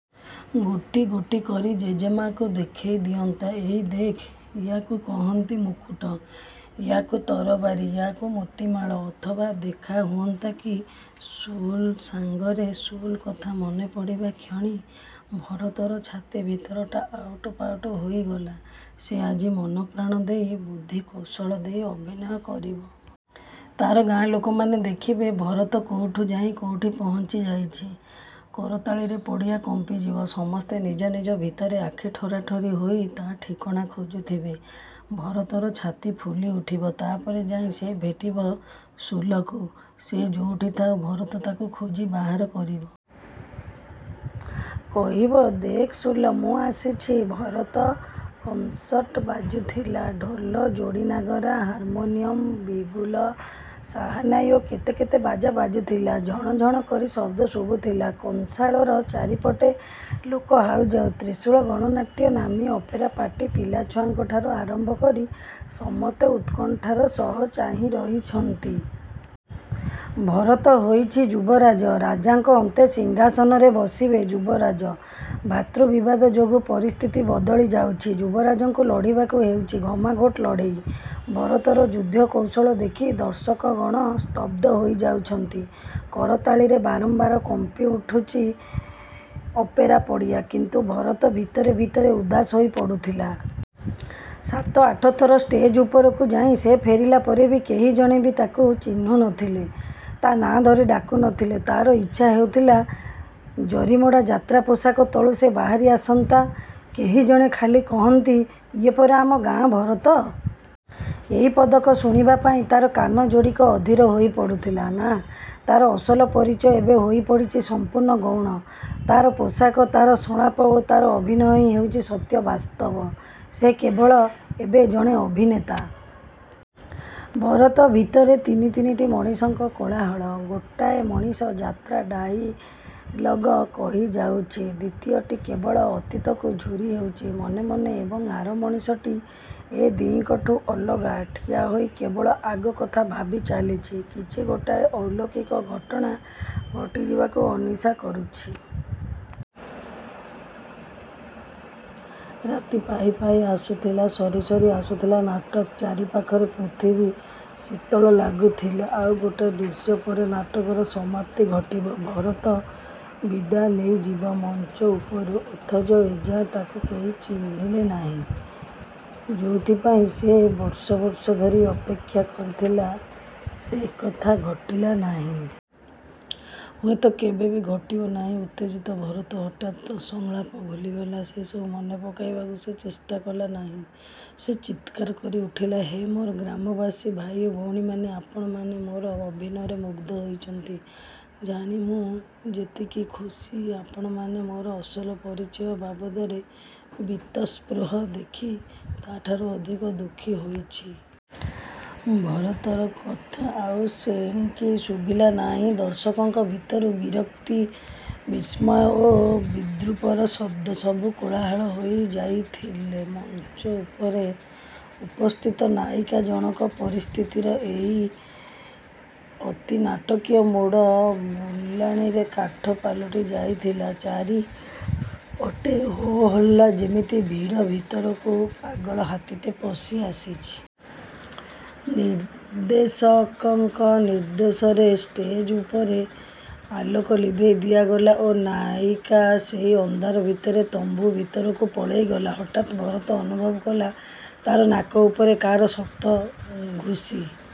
ଗୋଟି ଗୋଟି କରି ଜେଜେମାକୁ ଦେଖେଇ ଦିଅନ୍ତା, "ଏଇ ଦେଖ୍, ୟାକୁଇ କହନ୍ତି ମୁକୁଟ, ୟାକୁ ତରବାରୀ, ୟାକୁ ମୋତିମାଳ!" ଅଥବା ଦେଖାହୁଅନ୍ତା କି ସୁଲ ସାଙ୍ଗରେ! ସୁଲ କଥା ମନେପଡ଼ିବା କ୍ଷଣି ଭରତର ଛାତି ଭିତରଟା ଆଉଟୁ ପାଉଟୁ ହୋଇଗଲା। ସେ ଆଜି ମନପ୍ରାଣ ଦେଇ, ବୁଦ୍ଧି କୌଶଳ ଦେଇ ଅଭିନୟ କରିବ। ତାର ଗାଁ ଲୋକମାନେ ଦେଖିବେ, ଭରତ କୋଉଠୁ ଯାଇ କୋଉଠି ପହଞ୍ଚିଯାଇଛି! କରତାଳିରେ ପଡ଼ିଆ କମ୍ପିଯିବ। ସମସ୍ତେ ନିଜ ନିଜ ଭିତରେ ଆଖି ଠରାଠରି ହୋଇ ତା ଠିକଣା ଖୋଜୁଥିବେ। ଭରତର ଛାତି ଫୁଲି ଉଠିବ। ତାପରେ ଯାଇ ସେ ଭେଟିବ ସୁଲକୁ। ସେ ଯୋଉଠି ଥାଉ, ଭରତ ତାକୁ ଖୋଜି ବାହାର କରିବ। କହିବ, "ଦେଖ୍ ସୁଲ! ମୁଁ ଆସିଛି। ଭରତ।" କନ୍ସର୍ଟ ବାଜୁଥିଲା। ଢୋଲ, ଯୋଡ଼ିନାଗରା, ହାର୍ମୋନିୟମ, ବିଗୁଲ, ସାହାନାଇ ଓ କେତେ କେତେ ବାଜା ବାଜୁଥିଲା। ଝଣଝଣ କରି ଶବ୍ଦ ଶୁଭୁଥିଲା କଂସାଳର। ଚାରିପଟେ ଲୋକ ହାଉଯାଉ। 'ତ୍ରିଶୂଳ ଗଣନାଟ୍ୟ' ନାମୀ ଅପେରା ପାର୍ଟି। ପିଲାଛୁଆଙ୍କଠାରୁ ଆରମ୍ଭ କରି ସମସ୍ତେ ଉତ୍କଣ୍ଠାର ସହ ଚାହିଁରହିଛନ୍ତି। ଭରତ ହୋଇଛି ଯୁବରାଜ। ରାଜାଙ୍କ ଅନ୍ତେ ସିଂହାସନରେ ବସିବେ ଯୁବରାଜ। ଭାତୃବିବାଦ ଯୋଗୁ ପରିସ୍ଥିତି ବଦଳିଯାଉଛି। ଯୁବରାଜଙ୍କୁ ଲଢ଼ିବାକୁ ହେଉଛି ଘମାଘୋଟ ଲଢ଼େଇ। ଭରତର ଯୁଦ୍ଧକୌଶଳ ଦେଖି ଦର୍ଶକଗଣ ସ୍ତବ୍ଧ ହୋଇଯାଉଛନ୍ତି। କରତାଳିରେ ବାରମ୍ବାର କମ୍ପିଉଠୁଛି ଅପେରା-ପଡ଼ିଆ। କିନ୍ତୁ ଭରତ ଭିତରେ ଭିତରେ ଉଦାସ ହୋଇପଡ଼ୁଥିଲା। ସାତ ଆଠଥର ଷ୍ଟେଜ୍ ଉପରକୁ ଯାଇ ସେ ଫେରିଲା ପରେ ବି କେହି ଜଣେ ବି ତାକୁ ଚିହ୍ନୁ ନ ଥିଲେ, ତା ନାଁ ଧରି ଡାକୁନଥିଲେ। ତାର ଇଚ୍ଛା ହେଉଥିଲା ଜରିମଡ଼ା ଯାତ୍ରା ପୋଷାକ ତଳୁ ସେ ବାହାରି ଆସନ୍ତା। କେହି ଜଣେ ଖାଲି କହନ୍ତି, "ଇଏ ପରା ଆମ ଗାଁ ଭରତ।" ଏଇ ପଦକ ଶୁଣିବା ପାଇଁ ତାର କାନ ଯୋଡ଼ିକ ଅଧୀର ହୋଇପଡ଼ୁଥିଲା। ନା, ତାର ଅସଲ ପରିଚୟ ଏବେ ହୋଇପଡ଼ିଛି ସଂପୂର୍ଣ୍ଣ ଗୌଣ। ତାର ପୋଷାକ, ତାର ସଂଳାପ ଓ ତାର ଅଭିନୟ ହିଁ ହେଉଛି ସତ୍ୟ, ବାସ୍ତବ। ସେ କେବଳ ଏବେ ଜଣେ ଅଭିନେତା। ଭରତ ଭିତରେ ତିନି ତିନିଟି ମଣିଷଙ୍କ କୋଳାହଳ। ଗୋଟାଏ ମଣିଷ ଯାତ୍ରା ଡାଇଲଗ କହିଯାଉଛି, ଦ୍ୱିତୀୟଟି କେବଳ ଅତୀତକୁ ଝୁରିହେଉଛି ମନେ ମନେ ଏବଂ ଆର ମଣିଷଟି ଏ ଦିହିଁଙ୍କଠୁ ଅଲଗା ଠିଆହୋଇ କେବଳ ଆଗ କଥା ଭାବିଚାଲିଛି। କିଛି ଗୋଟାଏ ଅଲୌକିକ ଘଟଣା ଘଟିଯିବାକୁ ଅନିଶା କରୁଛି। ରାତି ପାହି ପାହି ଆସୁଥିଲା। ସରିସରି ଆସୁଥିଲା ନାଟକ। ଚାରିପାଖର ପୃଥିବୀ ଶୀତଳ ଲାଗୁଥିଲା। ଆଉ ଗୋଟାଏ ଦୃଶ୍ୟ ପରେ ନାଟକର ସମାପ୍ତି ଘଟିବ। ଭରତ ବିଦାୟ ନେଇଯିବ ମଞ୍ଚ ଉପରୁ। ଅଥଚ ଏଯାଏ ତାକୁ କେହି ଚିହ୍ନିଲେ ନାହିଁ। ଯୋଉଥିପାଇଁ ସେ ବର୍ଷ ବର୍ଷ ଧରି ଅପେକ୍ଷା କରିଥିଲା ସେକଥା ଘଟିଲା ନାହିଁ। ହୁଏତ କେବେ ବି ଘଟିବ ନାହିଁ। ଉତ୍ତେଜିତ ଭରତ ହଠାତ୍ ସଂଳାପ ଭୁଲିଗଲା। ସେସବୁ ମନେପକେଇବାକୁ ସେ ଚେଷ୍ଟା କଲାନାହିଁ। ସେ ଚିତ୍କାର କରି ଉଠିଲା, "ହେ ମୋର ଗ୍ରାମବାସୀ, ଭାଇ ଓ ଭଉଣୀମାନେ। ଆପଣମାନେ ମୋର ଅଭିନୟରେ ମୁଗ୍ଧ ହୋଇଛନ୍ତି ଜାଣି ମୁଁ ଯେତିକି ଖୁସି, ଆପଣମାନେ ମୋର ଅସଲ ପରିଚୟ ବାବଦରେ ବୀତସ୍ପୃହ ଦେଖି ତାଠାରୁ ଅଧିକ ଦୁଃଖୀ ହୋଇଛି..." ଭରତର କଥା ଆଉ ସେଣିକି ଶୁଭିଲା ନାହିଁ। ଦର୍ଶକଙ୍କ ଭିତରୁ ବିରକ୍ତି, ବିସ୍ମୟ ଓ ବିଦ୍ରୂପର ଶବ୍ଦସବୁ କୋଳାହଳ ହୋଇ ଯାଇଥିଲେ। ମଞ୍ଚ ଉପରେ ଉପସ୍ଥିତ ନାୟିକା ଜଣକ ପରିସ୍ଥିତିର ଏହି ଅତିନାଟକୀୟ ମୋଡ଼ବୁଲାଣିରେ କାଠ ପାଲଟି ଯାଇଥିଲା। ଚାରିପଟେ ହୋ-ହଲ୍ଲା। ଯେମିତି ଭିଡ଼ ଭିତରକୁ ପାଗଳ ହାତୀଟେ ପଶିଆସିଛି। ନିର୍ଦ୍ଦେଶକଙ୍କ ନିର୍ଦ୍ଦେଶରେ ଷ୍ଟେଜ୍ ଉପରେ ଆଲୋକ ଲିଭେଇ ଦିଆଗଲା ଓ ନାୟିକା ସେହି ଅନ୍ଧାର ଭିତରେ ତମ୍ବୁ ଭିତରକୁ ପଳେଇଗଲା। ହଠାତ୍ ଭରତ ଅନୁଭବ କଲା, ତାର ନାକ ଉପରେ କାହାର ଶକ୍ତ ଘୁଷି।